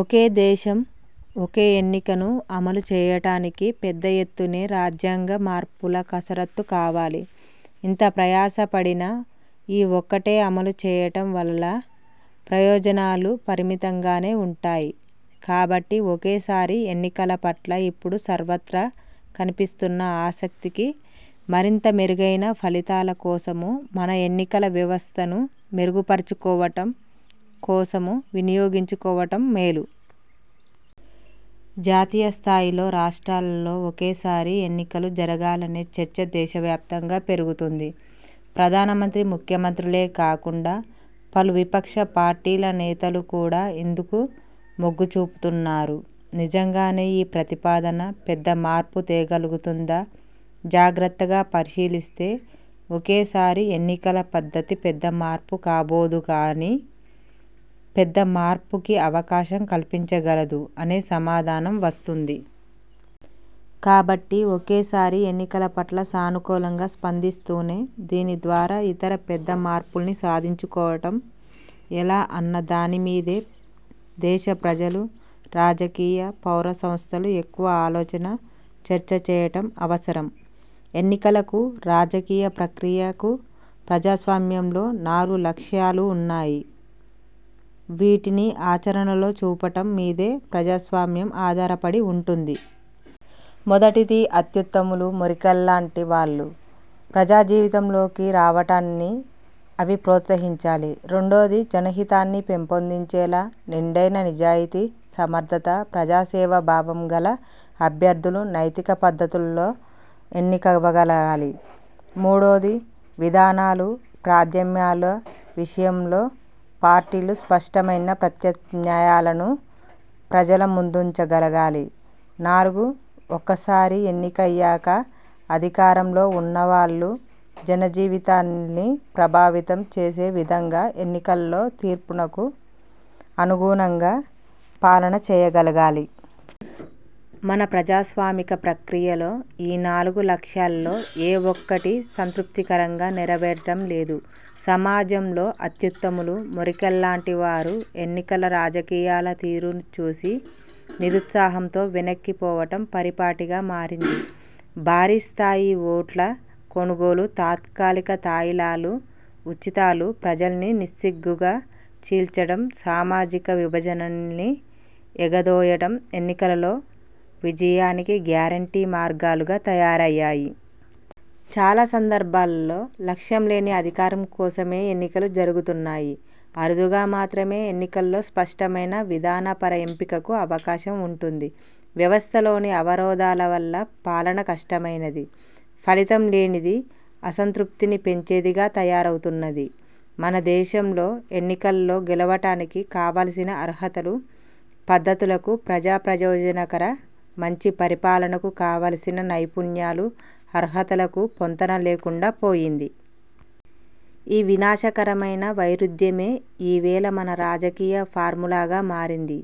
ఒకే దేశం ఒకే ఎన్నికను అమలు చేయటానికి పెద్దఎత్తునే రాజ్యాంగ మార్పుల కసరత్తు కావాలి. ఇంత ప్రయాసపడినా, ఈ ఒక్కటే అమలుచేయటం వల్ల ప్రయోజనాలు పరిమితంగానే ఉంటాయి. కాబట్టి ఒకేసారి ఎన్నికల పట్ల ఇప్పుడు సర్వత్రా కనిపిస్తున్న ఆసక్తిని మరింత మెరుగైన ఫలితాల కోసమూ, మన ఎన్నికల వ్యవస్థను మెరుగుపరుచుకోవటం కోసమూ వినియోగించుకోవటం మేలు. జాతీయస్థాయిలో, రాష్ట్రాల్లో ఒకేసారి ఎన్నికలు జరగాలనే చర్చ దేశవ్యాప్తంగా పెరుగుతోంది. ప్రధానమంత్రి, ముఖ్యమంత్రులే కాకుండా పలు విపక్ష పార్టీల నేతలు కూడా ఇందుకు మొగ్గుచూపుతున్నారు. నిజంగానే ఈ ప్రతిపాదన పెద్ద మార్పు తేగలుగుతుందా? జాగ్రత్తగా పరిశీలిస్తే, ఒకేసారి ఎన్నికల పద్ధతి పెద్ద మార్పు కాబోదుగానీ, పెద్ద మార్పుకి అవకాశం కల్పించగలదు అనే సమాధానం వస్తుంది. కాబట్టి, ఒకేసారి ఎన్నికల పట్ల సానుకూలంగా స్పందిస్తూనే, దీని ద్వారా ఇతర పెద్ద మార్పుల్ని సాధించుకోవటం ఎలా అన్న దాని మీదే దేశ ప్రజలు, రాజకీయ, పౌర సంస్థలు ఎక్కువ ఆలోచన, చర్చ చేయటం అవసరం. ఎన్నికలకు, రాజకీయ ప్రక్రియకు ప్రజాస్వామ్యంలో నాలుగు లక్ష్యాలున్నాయి. వీటిని ఆచరణలో చూపటం మీదే ప్రజాస్వామ్యం ఆధారపడి వుంటుంది. మొదటిది, అత్యుత్తములు, మెరికల్లాంటి వాళ్లు ప్రజాజీవితంలోకి రావటాన్ని అవి ప్రోత్సహించాలి. రెండోది, జనహితాన్ని పెంపొందించేలా నిండైన నిజాయతీ, సమర్థత, ప్రజాసేవాభావం గల అభ్యర్థులు నైతిక పద్ధతుల్లో ఎన్నికవగలగాలి. మూడోది, విధానాలు, ప్రాధామ్యాల విషయంలో పార్టీలు స్పష్టమైన ప్రత్యామ్నాయాలను ప్రజల ముందుంచగలగాలి. నాలుగు, ఒక్కసారి ఎన్నికయ్యాక అధికారంలో ఉన్నవాళ్లు జనజీవితాల్ని ప్రభావితం చేసే విధంగా, ఎన్నికల్లో తీర్పునకు అనుగుణంగా పాలన చేయగలగాలి. మన ప్రజాస్వామిక ప్రక్రియలో ఈ నాలుగు లక్ష్యాల్లో ఏ ఒక్కటీ సంతృప్తికరంగా నెరవేరటం లేదు. సమాజంలో అత్యుత్తములు, మెరికల్లాంటివారు ఎన్నికల రాజకీయాల తీరును చూసి నిరుత్సాహంతో వెనక్కిపోవటం పరిపాటిగా మారింది. భారీస్థాయి ఓట్ల కొనుగోలు, తాత్కాలిక తాయిలాలు, ఉచితాలు, ప్రజల్ని నిస్సిగ్గుగా చీల్చటం, సామాజిక విభజనల్ని ఎగదోయటం ఎన్నికలలో విజయానికి గ్యారంటీ మార్గాలుగా తయారయ్యాయి. చాలా సందర్భాల్లో- లక్ష్యంలేని అధికారం కోసమే ఎన్నికలు జరుగుతున్నాయి. అరుదుగా మాత్రమే ఎన్నికల్లో స్పష్టమైన విధానపర ఎంపికకు అవకాశం ఉంటోంది. వ్యవస్థలోని అవరోధాల వల్ల పాలన కష్టమైనది, ఫలితం లేనిది, అసంతృప్తిని పెంచేదిగా తయారవుతున్నది. మనదేశంలో ఎన్నికల్లో గెలవటానికి కావలసిన అర్హతలు, పద్ధతులకు ప్రజా ప్రయోజనకర మంచి పరిపాలనకు కావలసిన నైపుణ్యాలు, అర్హతలకు పొంతన లేకుండా పోయింది. ఈ వినాశకర వైరుధ్యమే ఈవేళ మన రాజకీయ ఫార్ములాగా మారింది.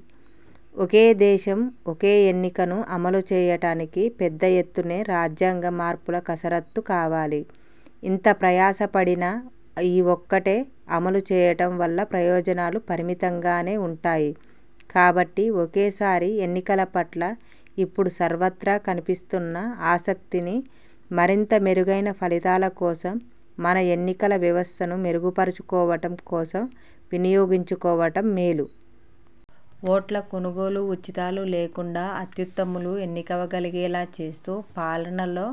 ఒకే దేశం ఒకే ఎన్నికను అమలుచేయటానికి పెద్దఎత్తునే రాజ్యాంగ మార్పుల కసరత్తు కావాలి. ఇంత ప్రయాసపడినా, ఈ ఒక్కటే అమలుచేయటం వల్ల ప్రయోజనాలు పరిమితంగానే ఉంటాయి. కాబట్టి ఒకేసారి ఎన్నికల పట్ల ఇప్పుడు సర్వత్రా కనిపిస్తున్న ఆసక్తిని, మరింత మెరుగైన ఫలితాల కోసం, మన ఎన్నికల వ్యవస్థను మెరుగుపరుచుకోవటం కోసం వినియోగించుకోవటం మేలు. ఓట్ల కొనుగోలు, ఉచితాలు లేకుండా అత్యుత్తములు ఎన్నికవగలిగేలాచేస్తూ పాలనలో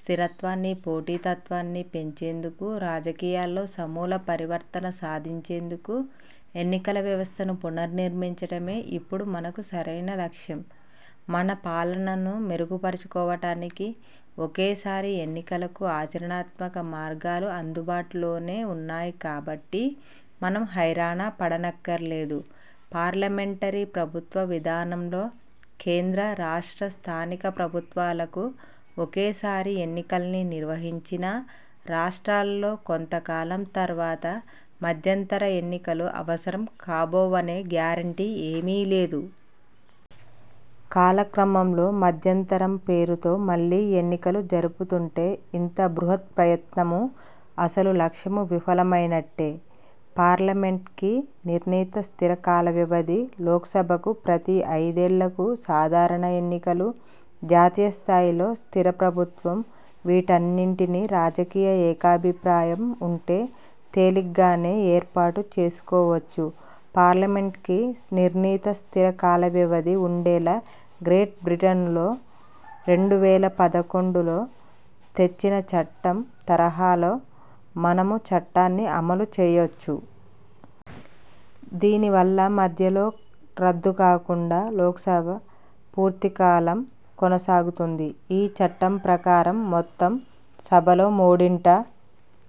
స్థిరత్వాన్ని, పోటీతత్వాన్ని పెంచేందుకు, రాజకీయాల్లో సమూల పరివర్తన సాధించేందుకు ఎన్నికలవ్యవస్థను పునర్నిర్మించటమే ఇప్పుడు మనకు సరైన లక్ష్యం. మన పాలనను మెరుగుపరుచుకోవటానికీ, ఒకేసారి ఎన్నికలకు ఆచరణాత్మక మార్గాలు అందుబాటులోనే ఉన్నాయికాబట్టి మనం హైరానా పడనక్కర్లేదు. పార్లమెంటరీ ప్రభుత్వ విధానంలో, కేంద్ర, రాష్ట్ర, స్థానిక ప్రభుత్వాలకు ఒకేసారి ఎన్నికల్ని నిర్వహించినా, రాష్ట్రాల్లో కొంతకాలం తర్వాత మధ్యంతరఎన్నికలు అవసరం కాబోవనే గ్యారంటీ ఏమీలేదు. కాలక్రమంలో మధ్యంతరం పేరుతో మళ్లీ ఎన్నికలు జరుపుతుంటే ఇంత బృహత్ ప్రయత్నమూ, అసలు లక్ష్యమూ విఫలమైనట్టే. పార్లమెంట్కి నిర్ణీత స్థిరకాలవ్యవధి, లోక్సభకు ప్రతి ఐదేళ్లకూ సాధారణ ఎన్నికలు, జాతీయస్థాయిలో స్థిర ప్రభుత్వం వీటన్నిటినీ రాజకీయ ఏకాభిప్రాయం ఉంటే తేలిగ్గానే ఏర్పాటు చేసుకోవచ్చు. పార్లమెంట్కి నిర్ణీత స్థిర కాలవ్యవధి ఉండేలా గ్రేట్ బ్రిటన్లో రెండు వేల పదకొండులో తెచ్చిన చట్టం తరహాలో మనమూ చట్టాన్ని అమలుచేయొచ్చు. దీనివల్ల మధ్యలో రద్దుకాకుండా లోక్సభ పూర్తికాలం కొనసాగుతుంది. ఈ చట్టం ప్రకారం, మొత్తం సభలో మూడింట